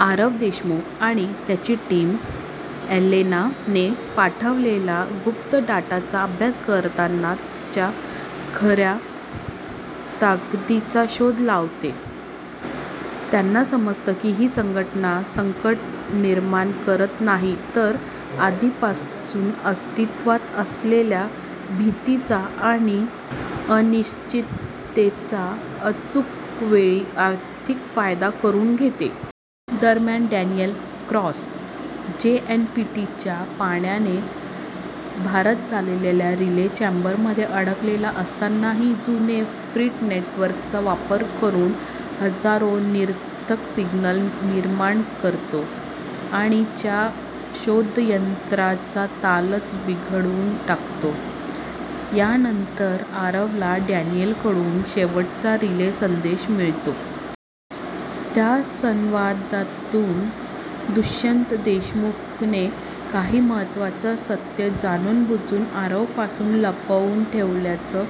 आरव देशमुख आणि त्याची टीम एलेनाने पाठवलेल्या गुप्त डेटाचा अभ्यास करताना च्या खऱ्या ताकदीचा शोध लावते. त्यांना समजतं की ही संघटना संकट निर्माण करत नाही, तर आधीपासून अस्तित्वात असलेल्या भीतीचा आणि अनिश्चिततेचा अचूक वेळी आर्थिक फायदा करून घेते. दरम्यान डॅनियल क्रॉस जेएनपीटीच्या पाण्याने भरत चाललेल्या रिले चेंबरमध्ये अडकलेला असतानाही जुन्या फ्रेट नेटवर्कचा वापर करून हजारो निरर्थक सिग्नल्स निर्माण करतो आणि च्या शोधयंत्रणेचा तालच बिघडवून टाकतो. यानंतर आरवला डॅनियलकडून शेवटचा रिले संदेश मिळतो. त्या संवादातून दुष्यंत देशमुखने काही महत्त्वाचं सत्य जाणूनबुजून आरवपासून लपवून ठेवल्याचं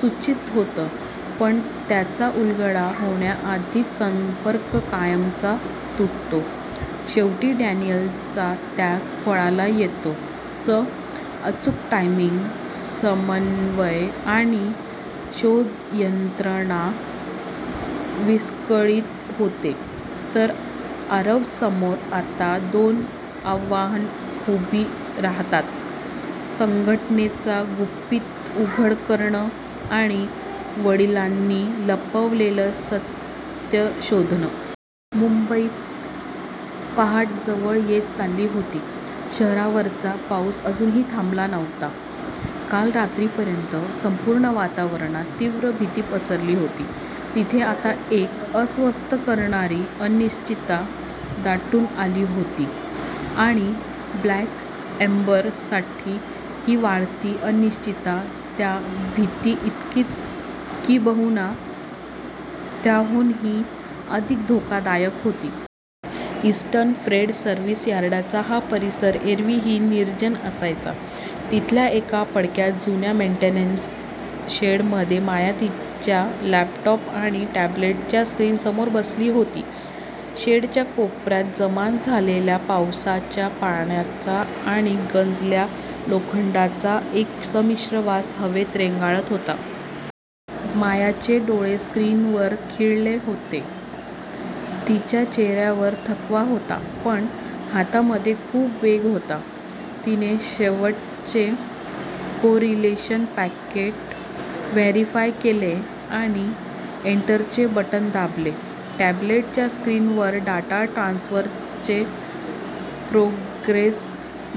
सूचित होतं, पण त्याचा उलगडा होण्याआधीच संपर्क कायमचा तुटतो. शेवटी डॅनियलचा त्याग फळाला येतो. चं अचूक टायमिंग, समन्वय आणि शोधयंत्रणा विस्कळीत होते, तर आरवसमोर आता दोन आव्हानं उभी राहतात: संघटनेचं गुपित उघड करणं आणि वडिलांनी लपवलेलं सत्य शोधणं. मुंबईत पहाट जवळ येत चालली होती. शहरावरचा पाऊस अजूनही थांबला नव्हता. काल रात्रीपर्यंत संपूर्ण वातावरणात तीव्र भीती पसरली होती, तिथे आता एक अस्वस्थ करणारी अनिश्चितता दाटून आली होती. आणि 'ब्लॅक एम्बर'साठी ही वाढती अनिश्चितता त्या भीतीइतकीच, किंबहुना त्याहूनही अधिक धोकादायक होती. इस्टर्न फ्रेट सर्व्हिस यार्डचा हा परिसर एरवीही निर्जन असायचा. तिथल्या एका पडक्या, जुन्या मेंटेनन्स शेडमध्ये माया तिच्या लॅपटॉप आणि टॅब्लेटच्या स्क्रीनसमोर बसली होती. शेडच्या कोपऱ्यात जमा झालेल्या पावसाच्या पाण्याचा आणि गंजलेल्या लोखंडाचा एक संमिश्र वास हवेत रेंगाळत होता. मायाचे डोळे स्क्रीनवर खिळले होते. तिच्या चेहऱ्यावर थकवा होता, पण हातामध्ये खूप वेग होता. तिने शेवटचे कोरिलेशन पॅकेट व्हेरीफाय केले आणि एंटरचे बटण दाबले. टॅब्लेटच्या स्क्रीनवर डेटा ट्रान्सफरचे प्रोग्रेस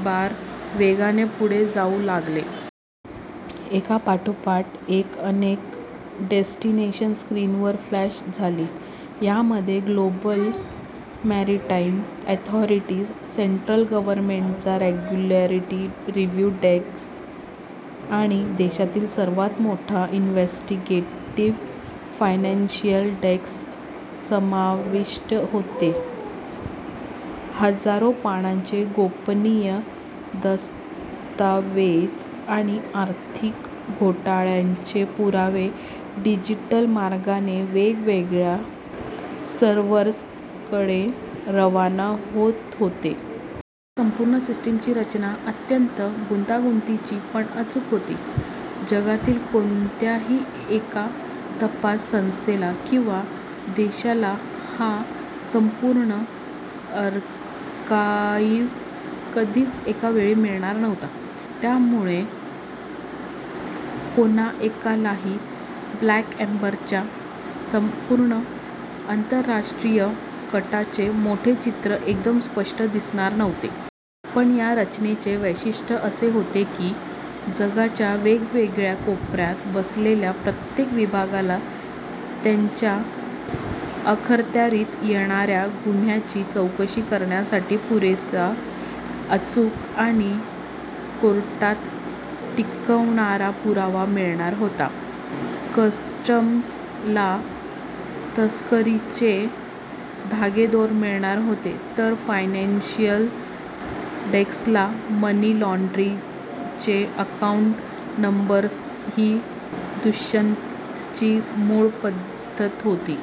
बार वेगाने पुढे जाऊ लागले. एकापाठोपाठ एक अनेक डेस्टिनेशन्स स्क्रीनवर फ्लॅश झाली. यामध्ये ग्लोबल मॅरीटाईम ऑथॉरिटीज, सेंट्रल गव्हर्नमेंटचा रेगुलेटरी रिव्ह्यू डेस्क आणि देशातील सर्वात मोठे इन्व्हेस्टिगेटिव्ह फायनान्शियल डेस्क समाविष्ट होते. हजारो पानांचे गोपनीय दस्तऐवज आणि आर्थिक घोटाळ्यांचे पुरावे डिजिटल मार्गाने वेगवेगळ्या सर्व्हर्सकडे रवाना होत होते. या संपूर्ण सिस्टीमची रचना अत्यंत गुंतागुंतीची पण अचूक होती. जगातील कोणत्याही एका तपास संस्थेला किंवा देशाला हा संपूर्ण आर्काइव कधीच एका वेळी मिळणार नव्हता. त्यामुळे कोणा एकालाही 'ब्लॅक एम्बर'च्या संपूर्ण आंतरराष्ट्रीय कटाचे मोठे चित्र एकदम स्पष्ट दिसणार नव्हते. पण या रचनेचे वैशिष्ट्य असे होते की, जगाच्या वेगवेगळ्या कोपऱ्यात बसलेल्या प्रत्येक विभागाला त्यांच्या अखत्यारीत येणाऱ्या गुन्ह्यांची चौकशी करण्यासाठी पुरेसा, अचूक आणि कोर्टात टिकणारा पुरावा मिळणार होता. कस्टम्सला तस्करीचे धागेदोरे मिळणार होते, तर फायनान्शियल डेस्कला मनी लाँड्रिंगचे अकाऊंट नंबर्स ही दुष्यंतची मूळ पद्धत होती.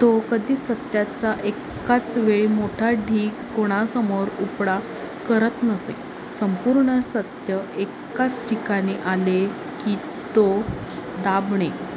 तो कधीच सत्याचा एकाच वेळी मोठा ढीग कोणासमोर उपडा करत नसे. संपूर्ण सत्य एकाच ठिकाणी आले की ते दाबणे